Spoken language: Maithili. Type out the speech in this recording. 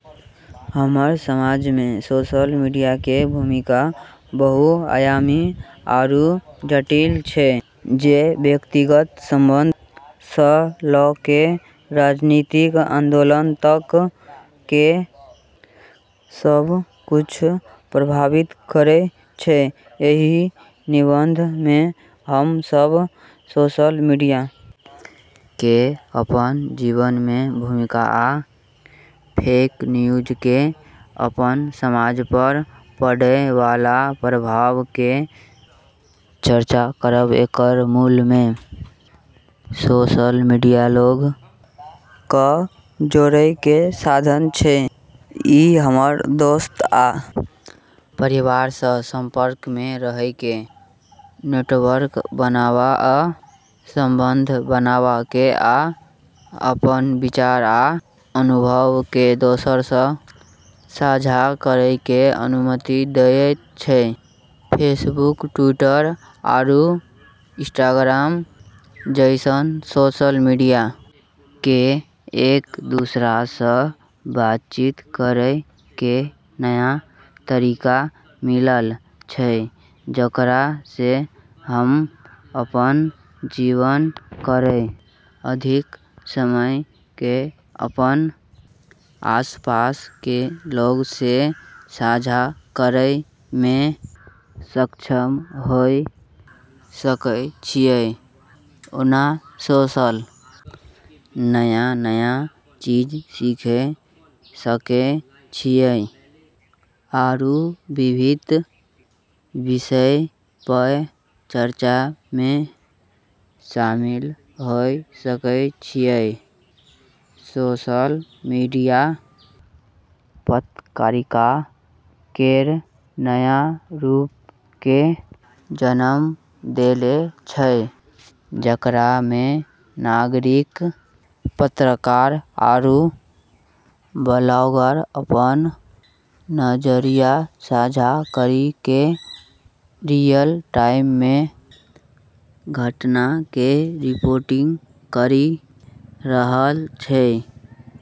हमरऽ समाज मे सोशल मीडिया के भूमिका बहुआयामी आरू जटिल छै जे व्यक्तिगत संबंध स ल के राजनीतिक आन्दोलन तक के सब कुछ प्रभावित करै छै, एहि निबंध मे हम सब सोशल मीडिया के अपन जीवन में भूमिका आ फेक न्यूज के अपन समाज पर पड़य वाला प्रभाव के चर्चा करब, एकरऽ मूल मे सोशल मीडिया लोगऽ क जोड़ै के साधन छै, इ हमरा दोस्त आ परिवार सं संपर्क मे रहय कें नेटवर्क बनावा आ संबंध बनावा कें आ अपन विचार आ अनुभव कें दोसर सं साझा करय कें अनुमति देयत छै, फेसबुक, ट्विटर आरू इंस्टाग्राम जैसनऽ सोशल मीडिया के एक-दूसरा से बातचीत करै के नया तरीका मिललऽ छै जेकरा से हम्म अपनऽ जीवन केरऽ अधिक समय के अपनऽ आसपास के लोगऽ से साझा करै मे सक्षम होय सकै छियै ओना सोशल नया-नया चीज सीखै सकै छियै आरू विभिन्न विषयऽ पे चर्चा मे शामिल होय सकै छियै, सोशल मीडिया पत्रकारिता केरऽ नया रूप के जन्म देलै छै जेकरा मे नागरिक पत्रकार आरू ब्लॉगर अपनऽ नजरिया साझा करी के रियल टाइम मे घटना के रिपोर्टिंग करी रहलऽ छै।